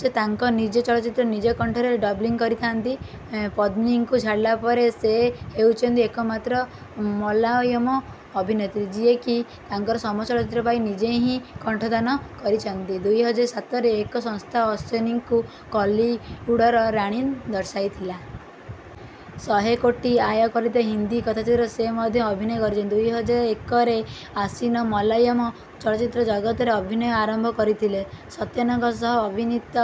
ସେ ତାଙ୍କ ନିଜ ଚଳଚ୍ଚିତ୍ର ନିଜ କଣ୍ଠରେ ଡବିଂ କରିଥାନ୍ତି। ପଦ୍ମିନୀଙ୍କୁ ଛାଡ଼ିଲା ପରେ ସେ ହେଉଛନ୍ତି ଏକମାତ୍ର ମଲାୟମ ଅଭିନେତ୍ରୀ ଯିଏକି ତାଙ୍କର ସମସ୍ତ ଚଳଚ୍ଚିତ୍ର ପାଇଁ ନିଜେ ହିଁ କଣ୍ଠଦାନ କରିଛନ୍ତି। ଦୁଇ ହଜାର ସାତରେ ଏକ ସଂସ୍ଥା ଅସିନଙ୍କୁ କଲିଉଡ଼ର ରାଣୀ ଦର୍ଶାଇଥିଲା। ଶହେ କୋଟି ଆୟ କରିଥିବା ହିନ୍ଦୀ କଥାଚିତ୍ରରେ ସେ ମଧ୍ୟ ଅଭିନୟ କରିଛନ୍ତି। ଦୁଇ ହଜାର ଏକରେ ଅସିନ ମାଲାୟମ ଚଳଚ୍ଚିତ୍ର ଜଗତରେ ଅଭିନୟ ଆରମ୍ଭ କରିଥିଲେ। ସତ୍ୟନଙ୍କ ସହ ଅଭିନୀତ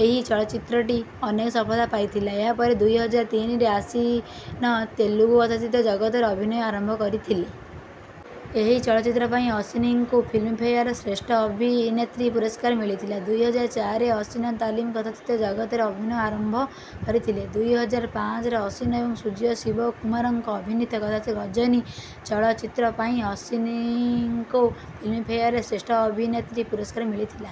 ଏହି ଚଳଚ୍ଚିତ୍ରଟି ଅନେକ ସଫଳତା ପାଇଥିଲା। ଏହାପରେ ଦୁଇ ହଜାର ତିନିରେ ଅସିନ ତେଲୁଗୁ କଥାଚିତ୍ର ଜଗତରେ ଅଭିନୟ ଆରମ୍ଭ କରିଥିଲେ। ଏହି ଚଳଚ୍ଚିତ୍ର ପାଇଁ ଅସିନଙ୍କୁ ଫିଲ୍ମଫେୟାରରେ ଶ୍ରେଷ୍ଠ ଅଭିନେତ୍ରୀ ପୁରସ୍କାର ମିଳିଥିଲା। ଦୁଇ ହଜାର ଚାରିରେ ଅସିନ ତାଲିମ୍ କଥାଚିତ୍ର ଜଗତରେ ଅଭିନୟ ଆରମ୍ଭ କରିଥିଲେ। ଦୁଇ ହଜାର ପାଞ୍ଚରେ ଅସିନ ଏବଂ ସୂର୍ଯ୍ୟ ଶିବକୁମାରଙ୍କ ଅଭିନୀତ କଥାଚିତ୍ର ଗଜନୀ ଚଳଚ୍ଚିତ୍ର ପାଇଁ ଅସିନଙ୍କୁ ଫିଲ୍ମଫେୟାରରେ ଶ୍ରେଷ୍ଠ ଅଭିନେତ୍ରୀ ପୁରସ୍କାର ମିଳିଥିଲା।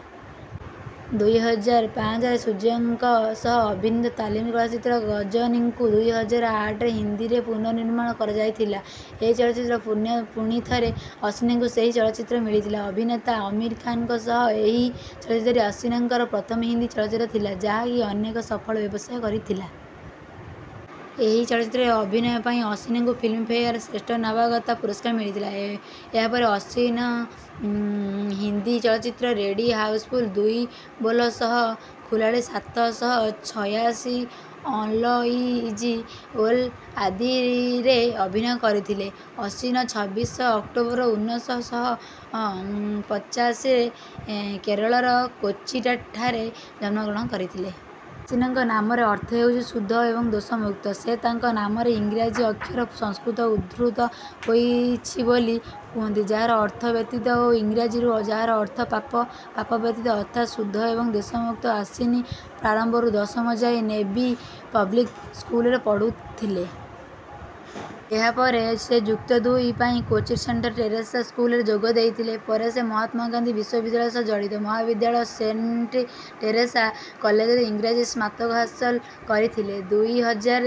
ଦୁଇ ହଜାର ପାଞ୍ଚରେ ସୂର୍ଯ୍ୟଙ୍କ ସହ ଅଭିନୀତ ତାଲିମ୍ କଥାଚିତ୍ର ଗଜନୀକୁ ଦୁଇ ହଜାର ଆଠରେ ହିନ୍ଦୀରେ ପୁନଃନିର୍ମାଣ କରାଯାଇଥିଲା। ଏହି ଚଳଚ୍ଚିତ୍ରରେ ପୁଣିଥରେ ଅସିନଙ୍କୁ ସେହି ଚରିତ୍ର ମିଳିଥିଲା ଅଭିନେତା ଆମିର ଖାନଙ୍କ ସହ। ଏହି ଚଳଚ୍ଚିତ୍ରଟି ଅସିନଙ୍କର ପ୍ରଥମ ହିନ୍ଦୀ ଚଳଚ୍ଚିତ୍ର ଥିଲା ଯାହାକି ଅନେକ ସଫଳ ବ୍ୟବସାୟ କରିଥିଲା। ଏହି ଚଳଚ୍ଚିତ୍ରରେ ଅଭିନୟ ପାଇଁ ଅସିନଙ୍କୁ ଫିଲ୍ମଫେୟାରରେ ଶ୍ରେଷ୍ଠ ନବାଗତା ପୁରସ୍କାର ମିଳିଥିଲା। ଏହାପରେ ଅସିନ ହିନ୍ଦୀ ଚଳଚ୍ଚିତ୍ର ରେଡ୍ଡି ହାଉସଫୁଲ ଦୁଇ ବୋଲ ବଚନ ଖିଲାଡ଼ି ସାତ ଶହ ଛୟାଶୀ ଅଲ ଇଜ ୱେଲ ଆଦିରେ ଅଭିନୟ କରିଥିଲେ। ଅସିନ ଛବିଶ ଅକ୍ଟୋବର ଉନ୍ନିଶ ଶହ ପଚାଶୀରେ କେରଳର କୋଚିଠାରେ ଜନ୍ମଗ୍ରହଣ କରିଥିଲେ। ଅସିନଙ୍କ ନାମର ଅର୍ଥ ହେଉଛି ଶୁଦ୍ଧ ଏବଂ ଦୋଷମୁକ୍ତ। ସେ ତାଙ୍କ ନାମର ଇଂରାଜୀ ଅକ୍ଷର ସଂସ୍କୃତରୁ ଉଦ୍ଧୃତ ହୋଇଛି ବୋଲି କୁହନ୍ତି ଯାହାର ଅର୍ଥ ବ୍ୟତୀତ ଏବଂ ଇଂରାଜୀରୁ ଯାହାର ଅର୍ଥ ପାପ। ପାପ ବ୍ୟତୀତ ଅର୍ଥାତ ଶୁଦ୍ଧ ଏବଂ ଦୋଷମୁକ୍ତ। ଅସିନ ପ୍ରାରମ୍ଭରୁ ଦଶମ ଯାଏଁ ନେଭି ପବ୍ଲିକ ସ୍କୁଲରେ ପଢ଼ୁଥିଲେ। ଏହାପରେ ସେ ଯୁକ୍ତ ଦୁଇ ପାଇଁ କୋଚିର ସେଣ୍ଟ ଟେରେସା ସ୍କୁଲରେ ଯୋଗ ଦେଇଥିଲେ। ପରେ ସେ ମହାତ୍ମା ଗାନ୍ଧୀ ବିଶ୍ୱବିଦ୍ୟାଳୟ ସହ ଜଡ଼ିତ ମହାବିଦ୍ୟାଳୟ ସେଣ୍ଟ ଟେରେସା କଲେଜରେ ଇଂରାଜୀରେ ସ୍ନାତକ ହାସଲ କରିଥିଲେ। ଦୁଇ ହଜାର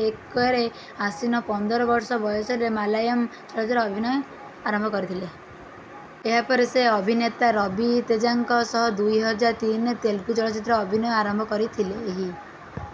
ଏକରେ ଅସିନ ପନ୍ଦର ବର୍ଷ ବୟସରେ ମାଲାୟଲମ ଚଳଚ୍ଚିତ୍ରରେ ଅଭିନୟ ଆରମ୍ଭ କରିଥିଲେ। ଏହାପରେ ସେ ଅଭିନେତା ରବି ତେଜାଙ୍କ ସହ ଦୁଇ ହଜାର ତିନିରେ ତେଲୁଗୁ ଚଳଚ୍ଚିତ୍ରରେ ଅଭିନୟ ଆରମ୍ଭ କରିଥିଲେ।